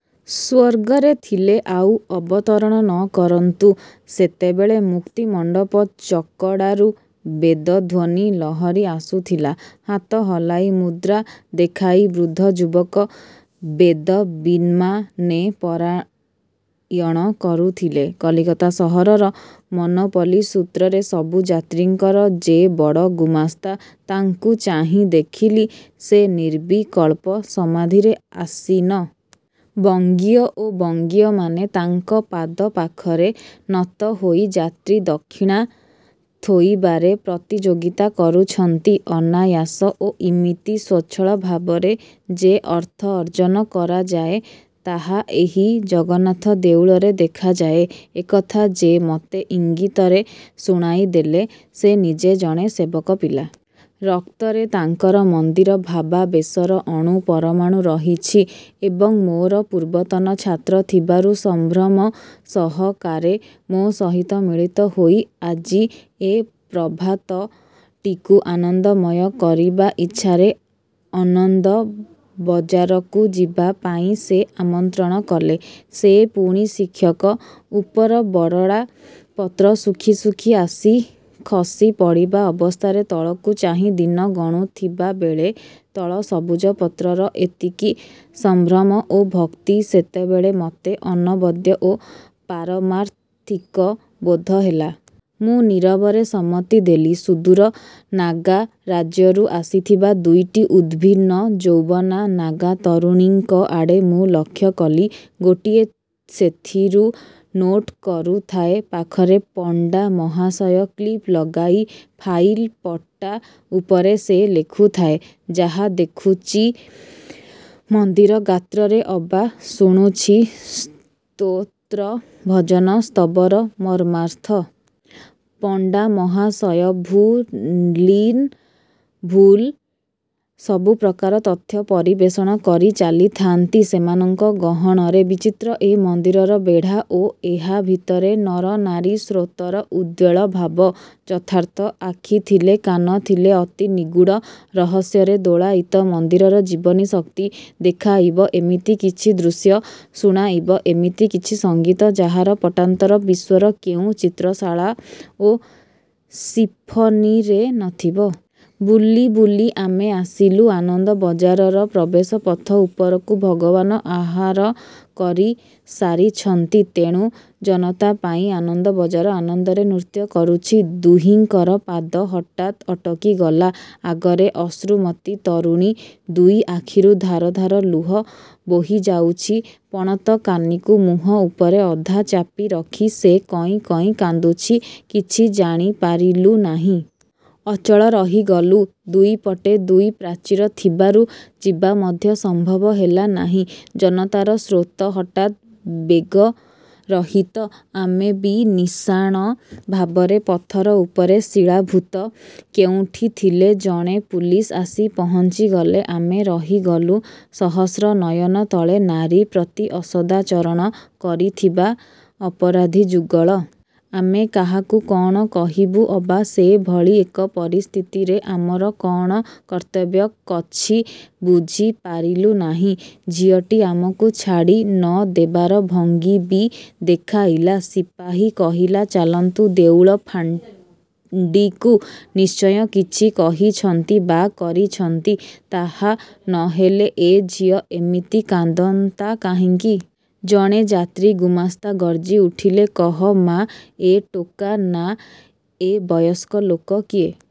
ସ୍ୱର୍ଗରେ ଥିଲେ ଆଉ ଅବତରଣ ନ କରନ୍ତୁ। ସେତେବେଳେ ମୁକ୍ତିମଣ୍ଡପ ଚକଡ଼ାରୁ ବେଦଧ୍ଵନୀ ଲହରୀ ଆସୁଥିଲା। ହାତ ହଲାଇ, ମୁଦ୍ରା ଦେଖାଇ ବୃଦ୍ଧ ଯୁବକ ବେଦବିତ୍ମାନେ ପରାୟଣ କରୁଥିଲେ। କଲିକତା ସହରର ମୋନୋପଲି ସୂତ୍ରରେ ସବୁ ଯାତ୍ରୀଙ୍କର ଯେ ବଡ଼ ଗୁମାସ୍ତା, ତାଙ୍କୁ ଚାହିଁ ଦେଖିଲି, ସେ ନିର୍ବିକଳ୍ପ ସମାଧିରେ ଆସୀନ। ବଙ୍ଗୀୟ ଓ ବଙ୍ଗୀୟମାନେ ତାଙ୍କ ପାଦ ପାଖରେ ନତ ହୋଇ ଯାତ୍ରୀ ଦକ୍ଷିଣା ଥୋଇବାରେ ପ୍ରତିଯୋଗିତା କରୁଛନ୍ତି। ଅନାୟାସ ଓ ଇମିତି ସ୍ୱଚ୍ଛଳ ଭାବରେ ଯେ ଅର୍ଥ ଅର୍ଜନ କରାଯାଏ, ତାହା ଏହି ଜଗନ୍ନାଥ ଦେଉଳରେ ଦେଖାଯାଏ। ଏକଥା ଯେ ମତେ ଇଙ୍ଗିତରେ ଶୁଣାଇଦେଲେ, ସେ ନିଜେ ଜଣେ ସେବକ ପିଲା। ରକ୍ତରେ ତାଙ୍କର ମନ୍ଦିର ଭାବାବେଶର ଅଣୁ ପରମାଣୁ ରହିଛି ଏବଂ ମୋର ପୂର୍ବତନ ଛାତ୍ର ଥିବାରୁ ସଂଭ୍ରମ ସହକାରେ ମୋ ସହିତ ମିଳିତହୋଇ ଆଜି ଏ ପ୍ରଭାତଟିକୁ ଆନନ୍ଦମୟ କରିବା ଇଚ୍ଛାରେ ଅନନ୍ଦବଜାରକୁ ଯିବା ପାଇଁ ସେ ଆମନ୍ତ୍ରଣ କଲେ। ସେ ପୁଣି ଶିକ୍ଷକ। ଉପର ବରଡ଼ା ପତ୍ର ଶୁଖି ଶୁଖି ଆସି ଖସି ପଡ଼ିବା ଅବସ୍ଥାରେ ତଳକୁ ଚାହିଁ ଦିନ ଗଣୁଥିବାବେଳେ ତଳ ସବୁଜ ପତ୍ରର ଏତିକି ସଂଭ୍ରମ ଓ ଭକ୍ତି ସେତେବେଳେ ମତେ ଅନବଦ୍ୟ ଓ ପାରମାର୍ଥିକ ବୋଧହେଲା। ମୁଁ ନୀରବରେ ସମ୍ମତି ଦେଲି। ସୁଦୂର ନାଗାରାଜ୍ୟରୁ ଆସିଥିବା ଦୁଇଟି ଉଦ୍ଭିନ୍ନଯୌବନା ନାଗା ତରୁଣୀଙ୍କ ଆଡ଼େ ମୁଁ ଲକ୍ଷ କଲି। ଗୋଟିଏ ସେଥିରୁ ନୋଟ୍ କରୁଥାଏ। ପାଖରେ ପଣ୍ଡା ମହାଶୟ। କ୍ଲିପ୍ ଲଗା ଫାଇଲ୍ ପଟା ଉପରେ ସେ ଲେଖୁଥାଏ, ଯାହା ଦେଖୁଛି ମନ୍ଦିର ଗାତ୍ରରେ ଅବା ଶୁଣୁଛି ସ୍ତୋତ୍ର, ଭଜନ, ସ୍ତବର ମର୍ମାର୍ଥ। ପଣ୍ଡାମହାଶୟ ଭୁଲ୍ନିର୍ଭୁଲ ସବୁ ପ୍ରକାର ତଥ୍ୟ ପରିବେଷଣ କରି ଚାଲିଥାନ୍ତି ସେମାନଙ୍କ ଗହଣରେ। ବିଚିତ୍ର ଏ ମନ୍ଦିରର ବେଢ଼ା ଓ ଏହା ଭିତରେ ନରନାରୀ ସ୍ରୋତର ଉଦ୍ବେଳ ଭାବ! ଯଥାର୍ଥ ଆଖି ଥିଲେ, କାନ ଥିଲେ, ଅତି ନିଗୂଢ଼ ରହସ୍ୟରେ ଦୋଳାୟିତ ମନ୍ଦିରର ଜୀବନୀ ଶକ୍ତି ଦେଖାଇବ ଏମିତି କିଛି ଦୃଶ୍ୟ, ଶୁଣାଇବ ଏମିତି କିଛି ସଙ୍ଗୀତ ଯାହାର ପଟାନ୍ତର ବିଶ୍ଵର କେଉଁ ଚିତ୍ରଶାଳା ଓ ସିଂଫନିରେ ନଥିବ। ବୁଲି ବୁଲି ଆମେ ଆସିଲୁ ଆନନ୍ଦବଜାରର ପ୍ରବେଶ ପଥ ଉପରକୁ ଭଗବାନ ଆହାର କରିସାରିଛନ୍ତି, ତେଣୁ ଜନତା ପାଇଁ ଆନନ୍ଦବଜାର ଆନନ୍ଦରେ ନୃତ୍ୟ କରୁଛି। ଦୁହିଁଙ୍କର ପାଦ ହଠାତ୍ ଅଟକିଗଲା। ଆଗରେ ଅଶ୍ରୁମତୀ ତରୁଣୀ। ଦୁଇ ଆଖିରୁ ଧାର ଧାର ଲୁହ ବୋହି ଯାଉଛି। ପଣତକାନିକୁ ମୁହଁ ଉପରେ ଅଧା ଚାପିରଖି ସେ କଇଁ କଇଁ କାନ୍ଦୁଛି, କିଛି ଜାଣିପାରିଲୁ ନାହିଁ। ଅଚଳ ରହିଗଲୁ। ଦୁଇପଟେ ଦୁଇ ପ୍ରାଚୀର ଥିବାରୁ ଯିବା ମଧ୍ୟ ସମ୍ଭବ ହେଲା ନାହିଁ। ଜନତାର ସ୍ରୋତ ହଠାତ୍ ବେଗରହିତ। ଆମେ ବି ନିଶାଣ ଭାବରେ ପଥର ଉପରେ ଶିଳୀଭୂତ। କେଉଁଠି ଥିଲେ ଜଣେ ପୁଲିସ୍ ଆସି ପହଞ୍ଚିଗଲେ। ଆମେ ରହିଗଲୁ ସହସ୍ର ନୟନ ତଳେ-ନାରୀ ପ୍ରତି ଅସଦାଚରଣ କରିଥିବା ଅପରାଧୀଯୁଗଳ। ଆମେ କାହାକୁ କଣ କହିବୁ ଅବା ସେଭଳି ଏକ ପରିସ୍ଥିତିରେ ଆମର କଅଣ କର୍ତ୍ତବ୍ୟ, କଛି ବୁଝିପାରିଲୁ ନାହିଁ। ଝିଅଟି ଆମକୁ ଛାଡ଼ି ନ ଦେବାର ଭଙ୍ଗୀ ବି ଦେଖାଇଲା। ସିପାହୀ କହିଲା-ଚାଲନ୍ତୁ ଦେଉଳ ଫାଣ୍ଡିକୁ। ନିଶ୍ଚୟ କିଛି କହିଛନ୍ତି ବା କରିଛନ୍ତି, ତାହା ନହେଲେ ଏ ଝିଅ ଏମିତି କାନ୍ଦନ୍ତା କାହିଁକି? ଜଣେ ଯାତ୍ରୀ ଗୁମସ୍ତା ଗର୍ଜିଉଠିଲେ-କହ ମା, ଏ ଟୋକା ନା ଏ ବୟସ୍କ ଲୋକ-କିଏ